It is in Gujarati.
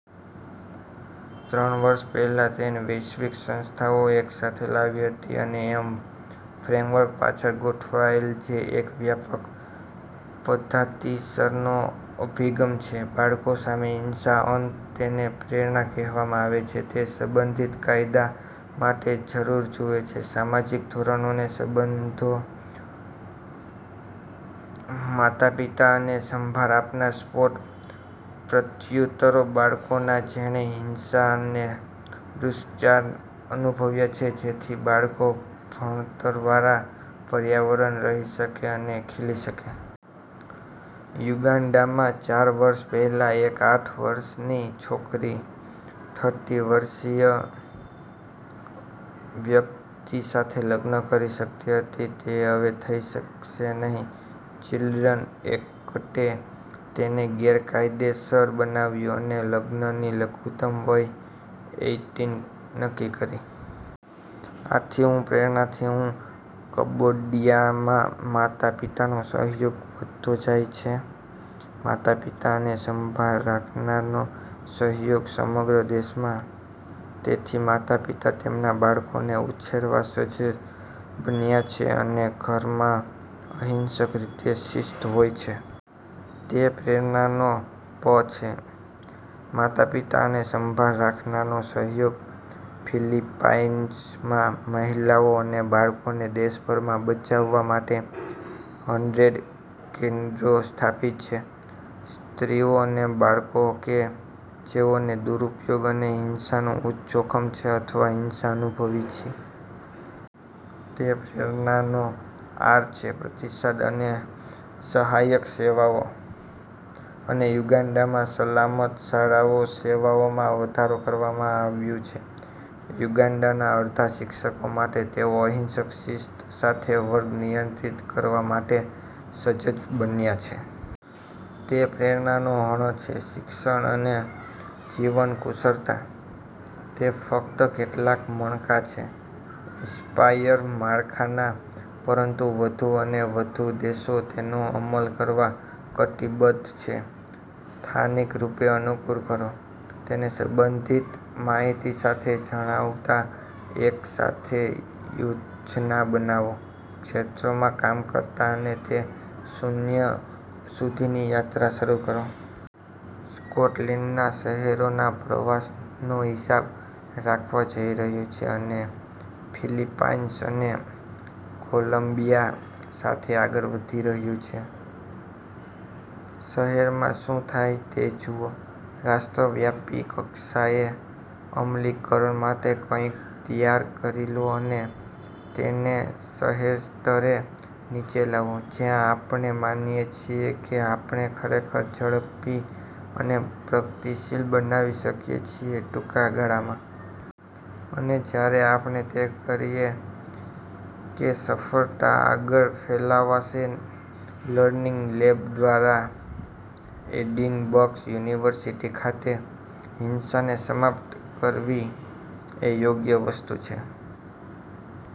ત્રણ વર્ષ પહેલાં, ટેન વૈશ્વિક સંસ્થાઓ એક સાથે આવી હતી અને એક ફ્રેમવર્ક પાછળ ગોઠવાયેલ જે એક વ્યાપક પધાતિસરનો અભિગમ છે બાળકો સામે હિંસા અંત. તેને પ્રેરણા કેહવામાં આવે છે. તે સંબંધિત કાયદા માટે જરૂર જુએ છે સામાજિક ધોરણોને સંબોધન, માતાપિતા અને સંભાળ આપનાર સપોર્ટ, પ્રત્યુતરો બાળકોના જેણે હિંસા અને દુષ્ટચારને અનુભવ્યા છે જેથી બાળકો ભણતરવાળા પર્યાવરણ રહી શકે અને ખીલી શકે. યુગાન્ડામાં ચાર વર્ષ પહેલાં એક આઠ વર્ષની છોકરી થર્ટી વર્ષીય વ્યક્તિ સાથે લગ્ન કરી શકતી હતી. તે હવે થઈ શકશે નહીં. ચિલ્ડ્રન એકટે તેને ગેરકાયદેસર બનાવ્યું અને લગ્નની લઘુત્તમ વય એઈટીન નક્કી કરી. આથી હું પ્રેરણાર્થી હું. કબોડિયામાં માતા પિતાનો સહયોગ વધતો જાય છે. માતા પિતા અને સંભાળ રાખનારનો સહયોગ સમગ્ર દેશમાં તેથી માતા પિતા તેમના બાળકોને ઉછેરવા સજ્જ બન્યા છે અને ઘરમાં અહિંસક રીતે શિસ્ત હોય છે. તે પ્રેરણા નો પ છે "માતા પિતા અને સંભાળ રાખનારનો સહયોગ." ફિલિપાઇન્સમાં મહિલાઓ અને બાળકોને દેશભરમાં બચાવવા માટે હન્ડ્રેડ કેન્દ્રો સ્થાપિત છે. સ્ત્રીઓ અને બાળકો કે જેઓને દુરુપયોગ અને હિંસાનું ઉચ્ચ જોખમ છે અથવા હિંસા અનુભવી છે. તે પ્રેરણા નો આર છે "પ્રતિસાદ અને સહાયક સેવાઓ." અને યુગાન્ડામાં, સલામત શાળાઓ સેવાઓમાં વધારો કરવામાં આવ્યું છે યુગાન્ડાના અડધા શિક્ષકો માટે. તેઓ અહિંસક શિસ્ત સાથે વર્ગ નિયંત્રિત કરવા માટે સજ્જ બન્યા છે. તે પ્રેરણા નો ણ છે "શિક્ષણ અને જીવન કુશળતા." તે ફક્ત કેટલાક મણકા છે ઇન્સ્પાયર માળખાના. પરંતુ વધુ અને વધુ દેશો તેનો અમલ કરવા કટિબદ્ધ છે. સ્થાનિક રૂપે અનુકૂળ કરો, તેને સંબંધિત માહિતી સાથે જણાવતા, એક સાથે યોજના બનાવો, ક્ષેત્રોમાં કામ કરતા અને તે શૂન્ય સુધીની યાત્રા શરૂ કરો. સ્કોટલેન્ડના શેહરોના પ્રવાસનો હિસાબ રાખવા જઈ રહ્યું છે. અને ફિલિપાઇન્સ અને કોલમ્બિયા સાથે આગળ વધી રહ્યા છે. શહેરમાં શું થાય તે જુઓ, રાષ્ટ્રવ્યાપી કક્ષાએ અમલીકરણ માટે કંઈક તૈયાર કરી લો અને તેને શહેર સ્તરે નીચે લાવો જ્યાં આપણે માનીએ છીએ કે આપણે ખરેખર ઝડપી અને પ્રગતિશીલ બનાવી શકીએ છીએ ટૂંકા ગાળામાં. અને જ્યારે આપણે તે કરીએ કે સફળતા આગળ ફેલાવાશે લર્નિંગ લેબ દ્વારા એડિનબર્ગ યુનિવર્સિટી ખાતે. હિંસાને સમાપ્ત કરવી એ યોગ્ય વસ્તુ છે.